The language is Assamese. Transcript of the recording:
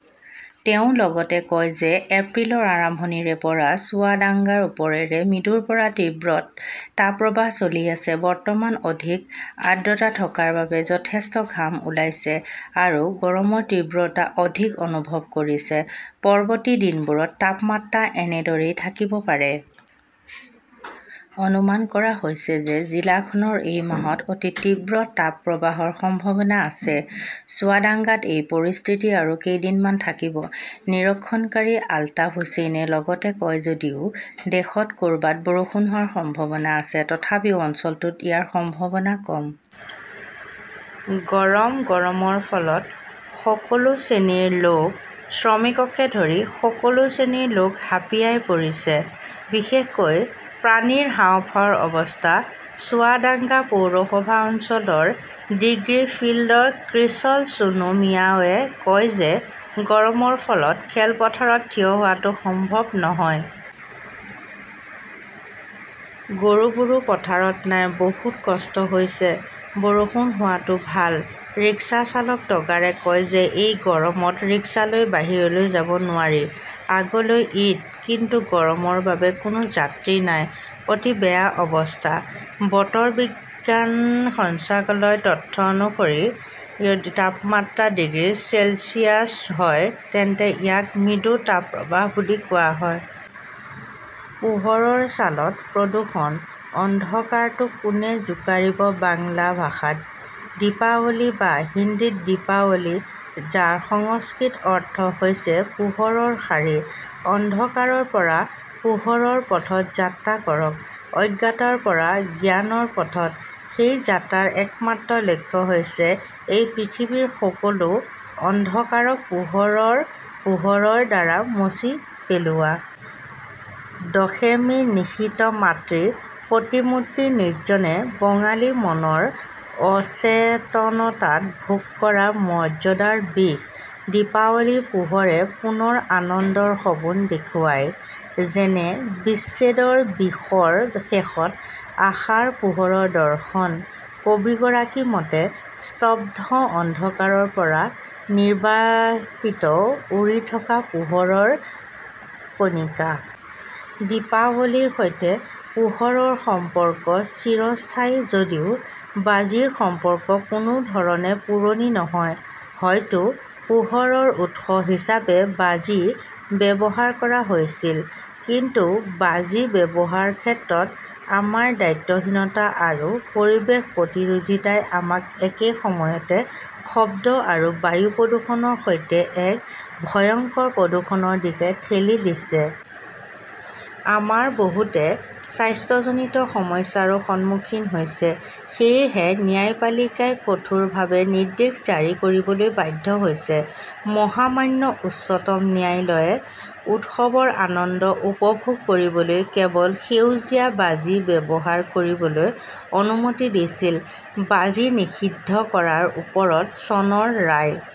তেওঁ লগতে কয় যে এপ্ৰিলৰ আৰম্ভণিৰে পৰা চুৱাদাংগাৰ ওপৰেৰে মৃদুৰ পৰা তীব্ৰ তাপপ্ৰবাহ চলি আছে। বতাহত অধিক আৰ্দ্ৰতা থকাৰ বাবে যথেষ্ট ঘাম ওলাইছে আৰু গৰমৰ তীব্ৰতা অধিক অনুভৱ কৰিছে। পৰৱৰ্তী দিনবোৰত তাপমাত্ৰা এনেদৰেই থাকিব পাৰে। অনুমান কৰা হৈছে যে জিলাখনৰ এই মাহত অতি তীব্ৰ তাপপ্ৰবাহৰ সম্ভাৱনা আছে। চুৱাদাঙ্গাত এই পৰিস্থিতি আৰু কেইদিনমান থাকিব। নিৰীক্ষণকাৰী আলতাফ হুচেইনে লগতে কয় যে যদিও দেশত ক "ৰবাত বৰষুণ হোৱাৰ সম্ভাৱনা আছে, তথাপিও অঞ্চলটোত ইয়াৰ সম্ভাৱনা কম। গৰম গৰমৰ ফলত সকলো শ্ৰেণীৰ লোক, শ্ৰমিককে ধৰি সকলো শ্ৰেণীৰ লোক হাঁপিয়াই পৰিছে। বিশেষকৈ প্ৰাণীৰ হাঁওফাঁওৰ অৱস্থা। চুৱাদাঙ্গা পৌৰসভা অঞ্চলৰ ডিগ্ৰী ফিল্ডৰ ক্ৰিচল চুনু মিয়াৱে কয় যে গৰমৰ ফলত খেলপথাৰত থিয় হোৱাটো সম্ভৱ নহয়। গৰুবোৰো পথাৰত নাই। বহুত কষ্ট হৈছে। বৰষুণ হোৱাটো ভাল। ৰিক্সা চালক টগাৰে কয় যে এই গৰমত ৰিক্সা লৈ বাহিৰলৈ যাব নোৱাৰি। আগলৈ ঈদ কিন্তু গৰমৰ বাবে কোনো যাত্ৰী নাই। অতি বেয়া অৱস্থা। বতৰ বিজ্ঞান সঞ্চালকালয়ৰ তথ্য অনুসৰি, যদি তাপমাত্ৰা ডিগ্ৰী চেলছিয়াছ হয় তেন্তে ইয়াক মৃদু তাপপ্ৰবাহ বুলি কোৱা হয়। পোহৰৰ ছালত প্ৰদূষণ, অন্ধকাৰটো কোনে জোকাৰিব বাংলা ভাষাত "দীপাৱলী" বা হিন্দীত "দীপাৱলী", যাৰ সংস্কৃত অৰ্থ হৈছে "পোহৰৰ শাৰী"। অন্ধকাৰৰ পৰা পোহৰৰ পথত যাত্ৰা কৰক। অজ্ঞতাৰ পৰা জ্ঞানৰ পথত। সেই যাত্ৰাৰ একমাত্ৰ লক্ষ্য হৈছে এই পৃথিৱীৰ সকলো অন্ধকাৰক পোহৰৰ পোহৰৰ দ্বাৰা মচি পেলোৱা। দশেমী নিশিত মাতৃ প্ৰতিমূৰ্তি নিৰ্জনে বঙালী মনৰ অচেতনতাত ভোগ কৰা মৰ্য্যাদাৰ বিষ, দীপাৱলীৰ পোহৰে পুনৰ আনন্দৰ সপোন দেখুৱায়। যেনে বিচ্ছেদৰ বিষৰ শেষত আশাৰ পোহৰৰ দৰ্শন। কবিগৰাকীৰ মতে, 'স্তব্ধ অন্ধকাৰৰ পৰা নিৰ্বাপিত/উৰি থকা পোহৰৰ কণিকা "। দীপাৱলীৰ সৈতে পোহৰৰ সম্পৰ্ক চিৰস্থায়ী যদিও বাজিৰ সম্পৰ্ক কোনো ধৰণে পুৰণি নহয়। হয়তো পোহৰৰ উৎস হিচাপে বাজি ব্যৱহাৰ কৰা হৈছিল। কিন্তু বাজি ব্যৱহাৰৰ ক্ষেত্ৰত আমাৰ দায়িত্বহীনতা আৰু পৰিৱেশ-প্ৰতিৰোধীতাই আমাক একে সময়তে শব্দ আৰু বায়ু প্ৰদূষণৰ সৈতে এক ভয়ংকৰ প্ৰদূষণৰ দিশে ঠেলি দিছে। আমাৰ বহুতে স্বাস্থ্যজনিত সমস্যাৰো সন্মুখীন হৈছে। সেয়েহে ন্যায়পালিকাই কঠোৰভাৱে নিৰ্দেশ জাৰি কৰিবলৈ বাধ্য হৈছে। মহামান্য উচ্চতম ন্যায়ালয়ে উৎসৱৰ আনন্দ উপভোগ কৰিবলৈ কেৱল সেউজীয়া বাজি ব্যৱহাৰ কৰিবলৈ অনুমতি দিছিল, বাজি নিষিদ্ধ কৰাৰ ওপৰত চনৰ ৰায়